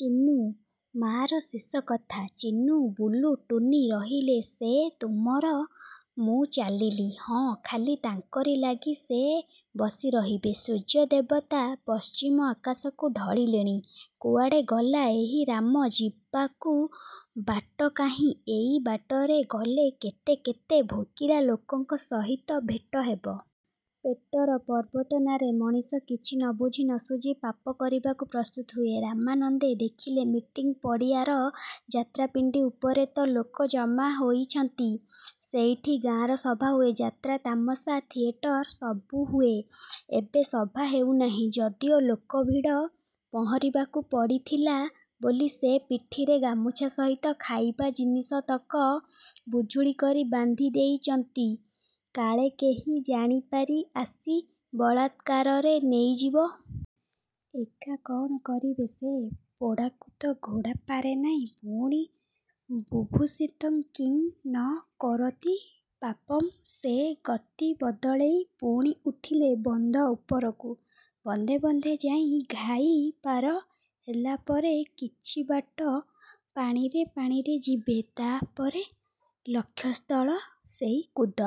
ଚିନୁ-ମାର ଶେଷକଥା;–ଚିନୁ ବୁଲୁ ଟୁନୀ ରହିଲେ–ସେ ତୁମର–ମୁଁ ଚାଲିଲି। ହଁ ଖାଲି ତାଙ୍କରି ଲାଗି ସେ ବସିରହିବେ। ସୂର୍ଯ୍ୟଦେବତା ପଶ୍ଚିମ ଆକାଶକୁ ଢଳିଲେଣି। କୁଆଡ଼େ ଗଲା ଏହି ରାମ? ଯିବାକୁ ବାଟ କାହିଁ। ଏଇ ବାଟରେ ଗଲେ କେତେ କେତେ ଭୋକିଲା ଲୋକଙ୍କ ସହିତ ଭେଟ ହେବ। ପେଟର ପ୍ରବର୍ତ୍ତନାରେ ମଣିଷ କିଛି ନବୁଝି ନସୁଝି ପାପ କରିବାକୁ ପ୍ରସ୍ତୁତ ହୁଏ। ରାମାନନ୍ଦେ ଦେଖିଲେ–ମିଟିଂ ପଡ଼ିଆର ଯାତ୍ରାପିଣ୍ଡି ଉପରେ ତ ଲୋକ ଜମା ହୋଇଛନ୍ତି। ସେଇଠି ଗାଁର ସଭା ହୁଏ। ଯାତ୍ରା, ତାମସା, ଥିଏଟର ସବୁହୁଏ। ଏବେ ସଭା ହେଉନାହିଁ–ଯଦିଓ ଲୋକଭିଡ଼। ପହଁରିବାକୁ ପଡ଼ିଥିଲା ବୋଲି ସେ ପିଠିରେ ଗାମୁଛା ସହିତ ଖାଇବା ଜିନିଷତକ ବୁଜୁଳି କରି ବାନ୍ଧିଦେଇଚନ୍ତି କାଳେ କେହି ଜାଣିପାରି ଆସି ବଳାତ୍କାରରେ ନେଇଯିବ? ଏକା କଣ କରିବେ ସେ? ଯୋଡ଼ାକୁ ତ ଘୋଡ଼ା ପାରେନାଇଁ। ପୁଣି, ବୁଭୁକ୍ଷିତଂ କିଂ ନ କରୋତି ପାପମ୍ ସେ ଗତି ବଦଳେଇ ପୁଣି ଉଠିଲେ ବନ୍ଧ ଉପରକୁ। ବନ୍ଧେ ବନ୍ଧେ ଯାଇ ଘାଇ ପାର ହେଲାପରେ–କିଛି ବାଟ ପାଣିରେ ପାଣିରେ ଯିବେ–ତା'ପରେ ଲକ୍ଷ୍ୟସ୍ଥଳ ସେଇ କୁଦ।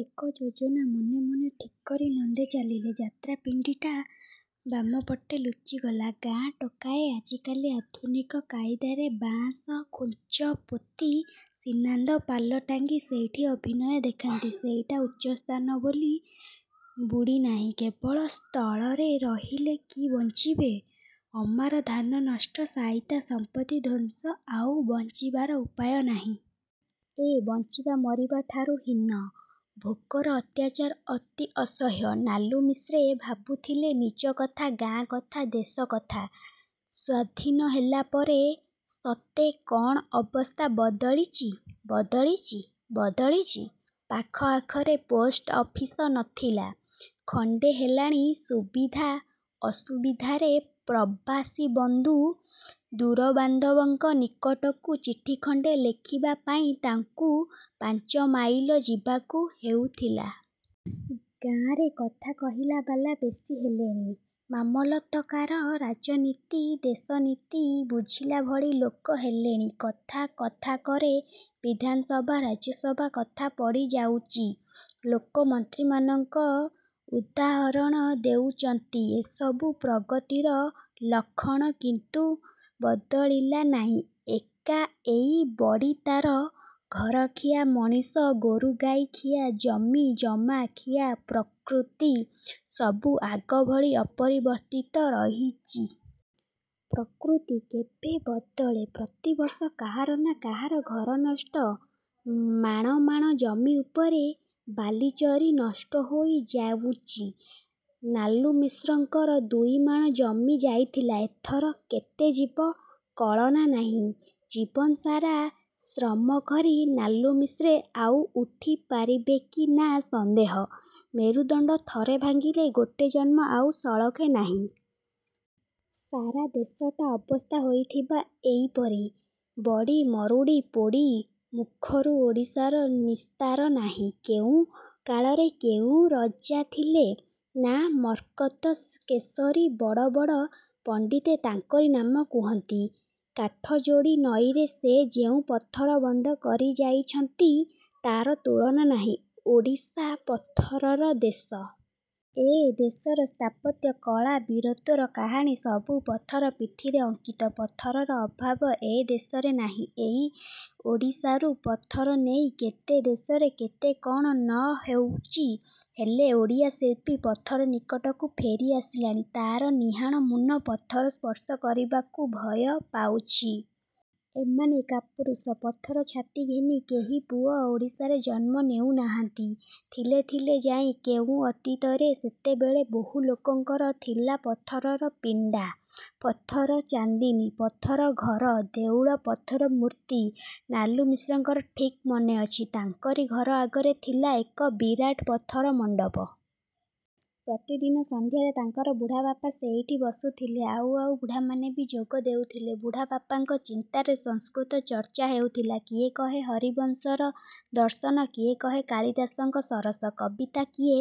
ଏକ ଯୋଜନା ମନେ ମନେ ଠିକ୍କରି ନନ୍ଦେ ଚାଲିଲେ! ଯାତ୍ରାପିଣ୍ଡିଟା ବାମପଟେ ଲୁଚିଗଲା। ଗାଁ-ଟୋକାଏ ଆଜିକାଲି ଆଧୁନିକ କାଇଦାରେ ବାଆଁଶ ଖୁଞ୍ଚପୋତି, ସିନ୍ବାନ୍ଧ ପାଲ ଟାଙ୍ଗି ସେଇଠି ଅଭିନୟ ଦେଖାନ୍ତି। ସେଇଟା ଉଚ୍ଚସ୍ଥାନ। ବୋଲି ବୁଡ଼ିନାଇଁ କେବଳ ସ୍ଥଳରେ ରହିଲେ କି ବଞ୍ଚିବେ? ଅମାର ଧାନ ନଷ୍ଟ–ସାଇତା, ସମ୍ପତ୍ତି ଧ୍ୱଂସ–ଆଉ ବଞ୍ଚିବାର ଉପାୟ ନାହିଁ? ଏ ବଞ୍ଚିବା ମରିବାଠାରୁ ହୀନ। ଭୋକର ଅତ୍ୟାଚାର ଅତି ଅସହ୍ୟ। ନାଲୁମିଶ୍ରେ ଭାବୁଥିଲେ–ନିଜକଥା, ଗାଁ କଥା, ଦେଶ କଥା। ସ୍ୱାଧୀନ ହେଲାପରେ ସତେ କଣ ଅବସ୍ଥା ବଦଳିଚି? ବଦଳିଚି, ବଦଳିଚି। ପାଖ ଆଖରେ ପୋଷ୍ଟ ଅଫିସ ନଥିଲା, ଖଣ୍ଡେ ହେଲାଣି। ସୁବିଧା ଅସୁବିଧାରେ ପ୍ରବାସୀବନ୍ଦୁ ଦୂରବାନ୍ଧବଙ୍କ ନିକଟକୁ ଚିଠିଖଣ୍ଡେ ଲେଖିବା ପାଇଁ ତାଙ୍କୁ ପାଞ୍ଚମାଇଲ ଯିବାକୁ ହେଉଥିଲା। ଗାଁରେ କଥା କହିଲାବାଲା ବେଶି ହେଲେଣି। ମାମଲତକାର, ରାଜନୀତି, ଦେଶନୀତି ବୁଝିଲା ଭଳି ଲୋକ ହେଲେଣି। କଥା କଥାକରେ ବିଧାନସଭା ରାଜ୍ୟସଭା କଥା ପଡ଼ି ଯାଉଚି। ଲୋକେ ମନ୍ତ୍ରୀମାନଙ୍କ ଉଦାହରଣ ଦେଉଚନ୍ତି। ଏସବୁ ପ୍ରଗତିର ଲକ୍ଷଣ। କିନ୍ତୁ–ବଦଳିଲା ନାଇଁ ଏକା ଏଇ ବଢ଼ି ତାର ଘରଖିଆ, ମଣିଷ–ଗୋରୁଗାଈ ଖିଆ ଜମି–ଜମା ଖିଆ ପ୍ରକୃତି ସବୁ ଆଗଭଳି ଅପରିବର୍ତ୍ତିତ ରହିଚି। ପ୍ରକୃତ୍ତି କେବେ ବଦଳେ? ପ୍ରତିବର୍ଷ କାହାର ନା କାହାର ଘରନଷ୍ଟ। ମାଣମାଣ ଜମି ଉପରେ ବାଲିଚରି ନଷ୍ଟହୋଇ ଯାଉଚି। ନାଲୁମିଶ୍ରଙ୍କର ଦୁଇମାଣ ଜମି ଯାଇଥିଲା–ଏଥର କେତେ ଯିବ କଳନା ନାହିଁ-। ଜୀବନ ସାରା ଶ୍ରମକରି ନାଲୁମିଶ୍ରେ ଆଉ ଉଠି ପାରିବେ କି ନା ସନ୍ଦେହ। ମେରୁଦଣ୍ଡ ଥରେ ଭାଙ୍ଗିଲେ ଗୋଟେ ଜନ୍ମ ଆଉ ସଳଖେ ନାହିଁ। ସାରା ଦେଶଟା ଅବସ୍ଥା ହୋଇଥିବ ଏଇପରି। ବଡ଼ି–ମରୁଡ଼ି–ପୋଡ଼ି ମୁଖରୁ ଓଡ଼ିଶାର ନିସ୍ତାର ନାହିଁ। କେଉଁ କାଳରେ କେଉଁ ରଜାଥିଲେ, ନାଁ ମର୍କତକେଶରୀ। ବଡ଼ ବଡ଼ ପଣ୍ଡିତେ ତାଙ୍କରି ନାମ କୁହନ୍ତି। କାଠଯୋଡ଼ି ନଈରେ ସେ ଯେଉଁ ପଥର ବନ୍ଧ କରିଯାଇଛନ୍ତି ତାର ତୁଳନା ନାହିଁ। ଓଡ଼ିଶା ପଥରର ଦେଶ। ଏ ଦେଶର ସ୍ଥାପତ୍ୟ, କଳା, ବୀରତ୍ୱର କାହାଣୀ ସବୁ ପଥର ପିଠିରେ ଅଙ୍କିତ। ପଥରର ଅଭାବ ଏ ଦେଶରେ ନାହିଁ। ଏଇ ଓଡ଼ିଶାରୁ ପଥରନେଇ କେତେ ଦେଶରେ କେତେ କଣ ନ ହେଉଚି। ହେଲେ, ଓଡ଼ିଆ ଶିଳ୍ପୀ ପଥର ନିକଟରୁ ଫେରି ଆସିଲାଣି। ତାର ନିହାଣ ମୁନ ପଥର ସ୍ପର୍ଶ କରିବାକୁ ଭୟ ପାଉଛି। ଏମାନେ କାପୁରୁଷ। ପଥର ଛାତି ଘେନି କେହି ପୁଅ ଓଡ଼ିଶାରେ ଜନ୍ମ ନେଉନାହାନ୍ତି। ଥିଲେ, ଥିଲେ ଯାଇଁ କେଉଁ ଅତୀତରେ। ସେତେବେଳେ ବହୁଲୋକଙ୍କର ଥିଲା ପଥରର ପିଣ୍ଡା, ପଥର ଚାନ୍ଦିନୀ, ପଥର ଘର, ଦେଉଳ, ପଥର ମୂର୍ତ୍ତି। ନାଲୁମିଶ୍ରଙ୍କର ଠିକ୍ ମନେଅଛି, ତାଙ୍କରି ଘର ଆଗରେ ଥିଲା ଏକ ବିରାଟ ପଥର ମଣ୍ଡପ। ପ୍ରତିଦିନ ସଂଧ୍ୟାରେ ତାଙ୍କର ବୁଢ଼ାବାପା ସେଇଠି ବସୁଥିଲେ। ଆଉ ଆଉ ବୁଢ଼ାମାନେ ବି ଯୋଗ ଦେଉଥିଲେ ବୁଢ଼ାବାପାଙ୍କ ଚିନ୍ତାରେ। ସଂସ୍କୃତ ଚର୍ଚ୍ଚା ହେଉଥିଲା। କିଏ କହେ ହରିବଂଶର ଦର୍ଶନ, କିଏ କହେ କାଳିଦାସଙ୍କର ସରସ କବିତା, କିଏ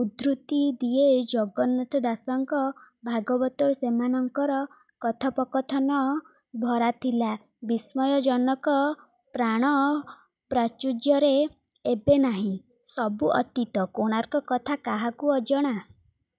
ଉଦ୍ଧୃତି ଦିଏ ଜଗନ୍ନାଥ ଦାସଙ୍କ ଭାଗବତରୁ। ସେମାନଙ୍କର କଥୋପକଥନ ଭରାଥିଲା ବିସ୍ମୟଜନକ ପ୍ରାଣ ପ୍ରାଚୁର୍ଯ୍ୟରେ। ଏବେ ନାହିଁ, ସବୁ ଅତୀତ। କୋଣାର୍କ କଥା କାହାକୁ ଅଜଣା।